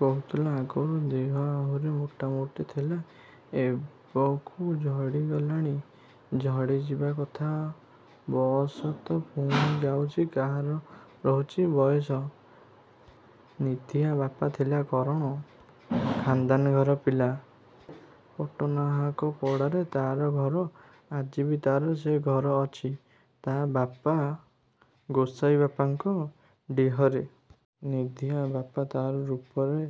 କହୁଥିଲା ଆଗରୁ ଦିହ ଆହୁରି ମୋଟାମୋଟି ଥିଲା ଏବକୁ ଝଡ଼ି ଗଲାଣି। ଝଡ଼ିଯିବା କଥା। ବଅସ ତ ପୁଣି ଯାଉଚି କାହାର ରହୁଚି ବୟସ। ନିଧିଆ ବାପ ଥିଲା କରଣ। ଖାନ୍ଦାନ୍ ଘର ପିଲା। ପଟ୍ଟନାହାକ ପଡ଼ାରେ ତା ଘର। ଆଜିବି ତା'ର ସେ ଘର ଅଛି, ତା ବାପ ଗୋସାଇଁବାପଙ୍କ ଡିହରେ। ନିଧିଆ ବାପ ତା ରୂପରେ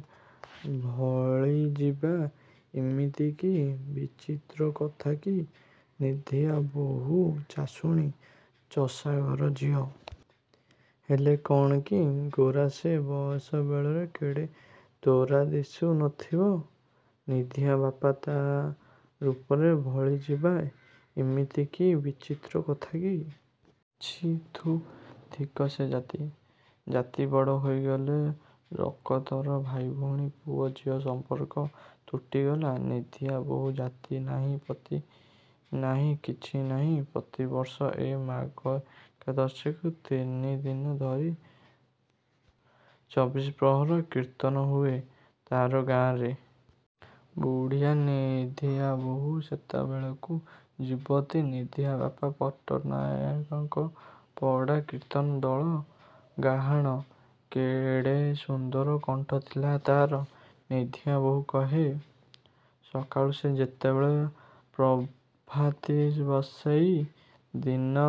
ଭଲିଯିବା ଇମିତି କି ବିଚିତ୍ର କଥା କି! ନିଧିଆ ବୋଉ ଚାଷୁଣୀ। ଚଷାଘର ଝୁଅ। ହେଲେ କ'ଣ କି ଗୋରା ସେ। ବୟସ ବେଳରେ କେଡ଼େ ତୋରା ଦିଶୁ ନଥିବ। ନିଧିଆ ବାପ ତା' ରୂପରେ ଭଳିଯିବା ଇମିତି କି ବିଚିତ୍ର କଥା କି! ଛି! ଥୁ! ଧିକ ସେ ଜାତି, ଜାତି ବଡ଼ ହୋଇଗଲା। ରକତର ଭାଇ ଭଉଣୀ, ପୁଅ ଝିଅ ସମ୍ପର୍କ ତୁଟିଗଲା? ନିଧିଆ ବୋଉର ଜାତି ନାହିଁ ପତି ନାହିଁ କିଛି ନାହିଁ! ପ୍ରତିବର୍ଷ ଏଇ ମାଘ ଏକାଦଶୀକି ତିନିଦିନ ଧରି ଚବିଶ ପ୍ରହରୀ କୀର୍ତ୍ତନ ହୁଏ, ତାଙ୍କ ଗାଁରେ। ବୁଢ଼ୀବି। ନିଧିଆବୋଉ ସେତେବେଳକୁ ଯୁବତୀ। ନିଧିଆ ବାପ ପଟ୍ଟନାହାକପଡ଼ା କୀର୍ତ୍ତନ ଦଳର ଗାହାଣ। କେଡ଼େ ସୁନ୍ଦର କଣ୍ଠଥିଲା ତା'ର। ନିଧିଆବୋଉ କହେ। ସକାଳୁ ସେ ଯେତେବେଳେ ପ୍ରଭାତୀ ବସେଇ ଦବ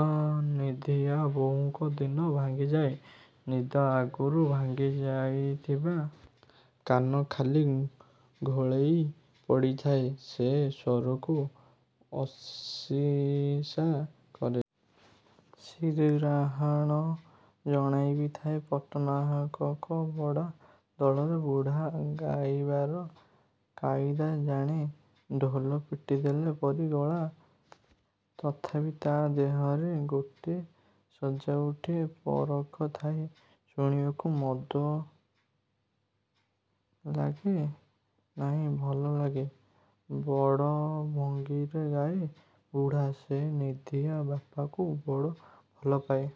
ନିଧିଆ ବୋଉର ନିଦ ଭାଙ୍ଗିଯାଏ ନିଦ ଆଗରୁ ଭାଙ୍ଗି ଯାଇଥାଏ କାନ ଖାଲି ଘୋଳେଇ ପଡ଼ିଯାଏ ସେଇ ସ୍ୱରକୁ ଅନିସା କରି। ଶିରୀଗାହାଣ ଜଣେବି ଥାଏ ପଟ୍ଟନାହାକପଡ଼ା ଦଳର ବୁଢ଼ା। ଗାଇବାର କାଇଦା ଜାଣେ। ଢୋଲ ପିଟିଦେଲା ପରି ଗଳା। ତଥାପି ତା' ଦିହରେ ଗୋଟେ ସଜାଉଟୀ ପରଖ ଥାଏ, ଶୁଣିବାକୁ ମନ୍ଦ ଲାଗେ ନାହିଁ ଭଲ ଲାଗେ। ବଡ଼ ଭଙ୍ଗୀରେ ଗାଏ ବୁଢ଼ା। ସେ ନିଧିଆ ବାପାକୁ ବଡ଼ ଭଲପାଏ।